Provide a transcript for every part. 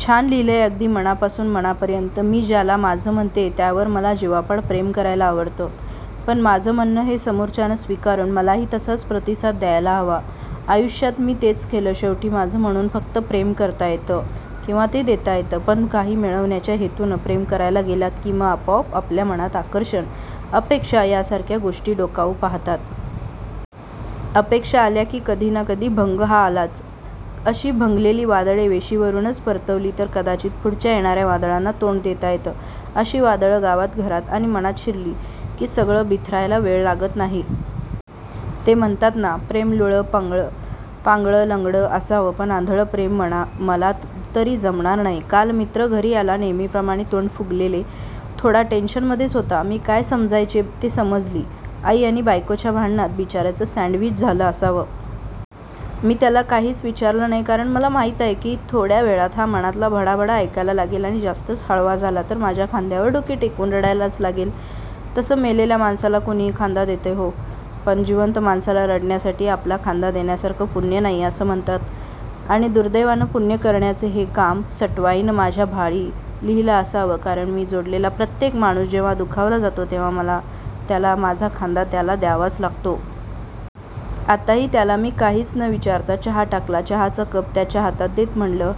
छान लिहिलंय अगदी मनापासून मनापर्यंत. मी ज्याला माझं म्हणते त्यावर मला जिवापाड प्रेम करायला आवडतं. पण माझं म्हणणं हे समोरच्यानं स्वीकारून मलाही तसाच प्रतिसाद द्यायला हवा. आयुष्यात मी तेच केलं. शेवटी माझं म्हणून फक्त प्रेम करता येतं किंवा ते देता येतं, पण काही मिळवण्याच्या हेतूनं प्रेम करायला गेलात कि मग आपोआप आपल्या मनात आकर्षण, अपेक्षा यासारख्या गोष्टी डोकावू पाहतात. अपेक्षा आल्या कि कधी ना कधी भंग हा आलाच. अशी भंगलेली वादळे वेशीवरूनच परतवली तर कदाचित पुढच्या येणाऱ्या वादळांना तोंड देता येतं. अशी वादळं गावात, घरात आणि मनात शिरली कि सगळं बिथरायला वेळ लागत नाही. ते म्हणतात ना, प्रेम लुळं, लंगडं, पांगळं असावं पण आंधळं प्रेम, मला तरी जमणार नाही. काल मित्र घरी आला, नेहमीप्रमाणे तोंड फुगलेले, थोडा टेंशनमध्येच होता. मी काय समजायचे ते समजली, आई आणि बायकोच्या भांडणात बिचाऱ्याचं सॅण्डविच झालं असावं. मी त्याला काहीच विचारलं नाही कारण मला माहित आहे की थोड्या वेळात हा मनातलं भडाभडा ऐकायला लागेल आणि जास्तच हळवा झाला तर माझ्या खांद्यावर डोके टेकवून रडायलाच लागेल, तसं मेलेल्या माणसाला कुणीही खांदा देतंय हो, पण जिवंत माणसाला रडण्यासाठी आपला खांदा देण्यासारखं पुण्य नाही असं म्हणतात, आणि दुर्दैवाने पुण्य करण्याचं हे काम सटवाईने माझ्या भाळी लिहील असावं, कारण मी जोडलेला प्रत्येक माणूस जेव्हा दुखावला जातो तेव्हा त्याला माझा खांदा त्याला द्यावाच लागतो. आताही त्याला मी काहीच न विचारता चहा टाकला. चहाचा कप त्याच्या हातात देत म्हटलं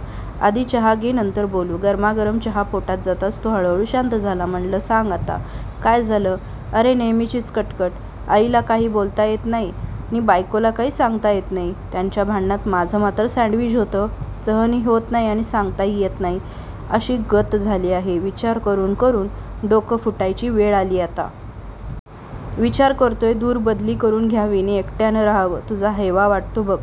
आधी चहा घे नंतर बोलू. गरमागरम चहा पोटात जाताच तो हळूहळू शांत झाला. म्हटलं सांग आता काय झालं, अरे नेहमीचीच कटकट, आईला काही बोलता येत नाही नी बायकोला काही सांगता येत नाही, त्यांच्या भांडणात माझं मात्र सॅण्डविच होतं, सहनही होत नाही आणि सांगताही येत नाही अशी गत झाली आहे, विचार करून करून डोकं फुटायची वेळ आलीय आता. विचार करतोय दूर बदली करून घ्यावी नि एकट्याने रहावं, तुझा हेवा वाटतो बघ,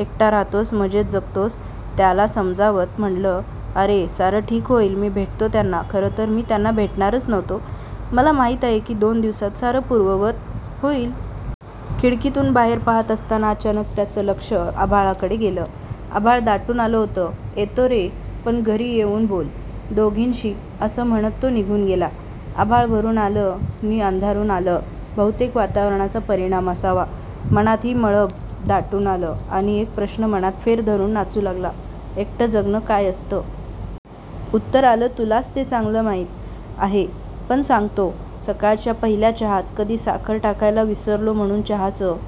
एकटा राहतोस, मजेत जगतोस. त्याला समजावत म्हटलं अरे, सारं ठीक होईल, मी भेटतो त्यांना. खरंतर मी त्यांना भेटणारच नव्हतो, मला माहित आहे की दोन दिवसांत सारं पूर्ववत होईल. खिडकीतून बाहेर पाहत असता अचानक त्याचं लक्ष आभाळाकडे गेलं, आभाळ दाटून आलं होतं, येतो रे, पण घरी येऊन बोल दोघींशी. असं म्हणत तो निघून गेला. आभाळ भरून आलं नि अंधारून आलं, बहुतेक वातावरणाचा परिणाम असावा, मनातही मळभ दाटून आलं आणि एक प्रश्न मनात फेर धरून नाचू लागला, एकटं जगणं काय असतं? उत्तर आलं, तुलाच ते चांगलं माहीत आहे पण सांगतो. सकाळच्या पहिल्या चहात कधी साखर टाकायला विसरलो म्हणून चहाचं